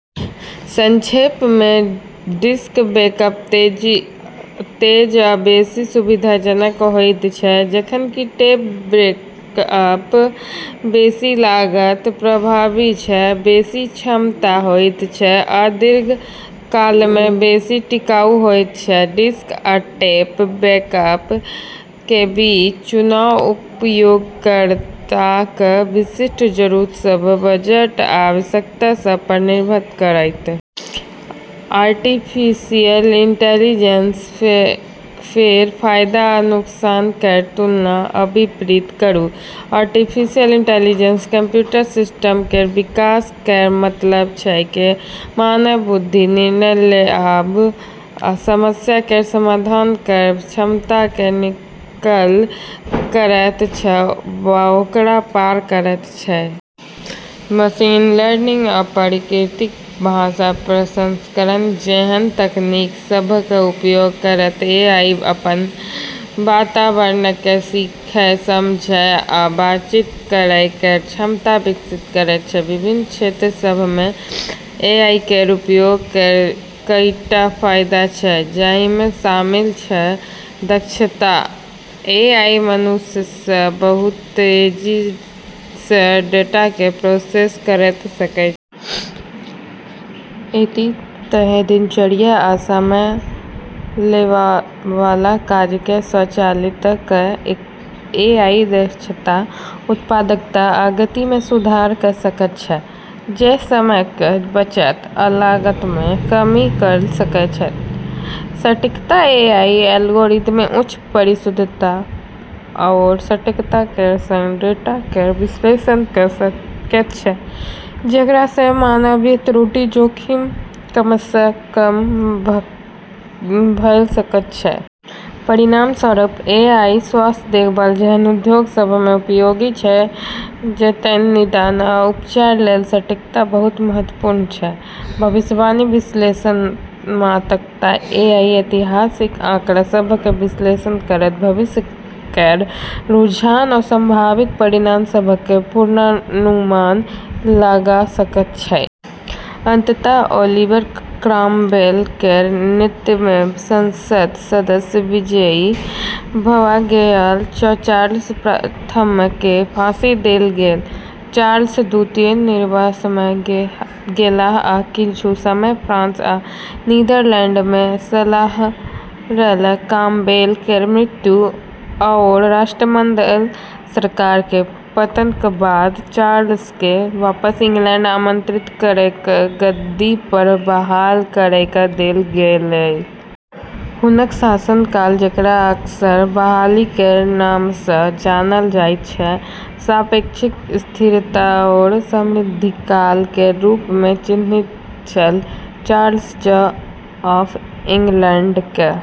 संक्षेपमे, disk backup तेज आ बेसी सुविधाजनक होइत छै, जखन कि टेप बैकअप बेसी लागत प्रभावी छै, बेसी क्षमता होइत छै आ दीर्घकालमे बेसी टिकाऊ होइत छै। डिस्क आ टेप बैकअप केर बीच चुनाव उपयोगकर्ताक विशिष्ट जरूरत सभ, बजट आ आवश्यकता सभपर निर्भर करतै। आर्टिफिशियल इंटेलिजेंस केर फायदा आ नुकसान केर तुलना आ विपरीत करू। आर्टिफिशियल इंटेलिजेंस कंप्यूटर सिस्टम केर विकास केर मतलब छै जे मानव बुद्धि, निर्णय लेबआ आ समस्या केर समाधान केर क्षमता केर नकल करैत छै वा ओकरा पार करैत छै। मशीन लर्निंग आ प्राकृतिक भाषा प्रसंस्करण जेहन तकनीक सभक उपयोग करैत एआई अपन वातावरणकेँ सीखै, समझै आ बातचीत करै केर क्षमता विकसित करैत छै। विभिन्न क्षेत्र सभमे एआई केर उपयोग केर कईटा फायदा छै जाहिमे शामिल छै: दक्षता: एआई मनुष्य सँ बहुत तेजीसँ डेटाकेँ प्रोसेस कऽ सकैत छै। एहि तरहें, दिनचर्या आ समय लेबैवाला काजकेँ स्वचालित कऽ एआई दक्षता, उत्पादकता आ गतिमे सुधार कऽ सकैत छै, जे समयक बचत आ लागतमे कमी कऽ सकैत छै। सटीकता: एआई एल्गोरिदम उच्च परिशुद्धता आओर सटीकता केर संग डेटा केर विश्लेषण कऽ सकैत छै, जेकरासँ मानवीय त्रुटिक जोखिम कमसँ कम भऽ सकैत छै। परिणामस्वरूप, एआई स्वास्थ्य देखभाल जेहन उद्योग सभमे उपयोगी छै, जतए निदान आ उपचार लेल सटीकता बहुत महत्वपूर्ण छै। भविष्यवाणी विश्लेषणात्मकता: एआई ऐतिहासिक आँकड़ा सभक विश्लेषण करैत भविष्य केर रुझान आ संभावित परिणाम सभक पूर्वानुमान लगा सकैत छै। अंततः ओलिवर क्रॉमवेल केर नेतृत्वमे संसद सदस्य विजयी भऽ गेलाह आ चार्ल्स प्रथमकेँ फांसी देल गेल। चार्ल्स द्वितीय निर्वासनमे गेलाह आ किछु समय फ्रांस आ नीदरलैंडमे रहलाह। क्रॉमवेल केर मृत्यु आओर राष्ट्रमंडल सरकार केर पतनक बाद चार्ल्सकेँ वापस इंग्लैंड आमंत्रित कऽ कऽ गद्दीपर बहाल कऽ देल गेलै। हुनक शासनकाल, जेकरा अक्सर बहाली केर नामसँ जानल जाइत छै, सापेक्षिक स्थिरता आओर समृद्धिक काल केर रूपमे चिन्हित छल। Charles Church of इंग्लैंडकेँ।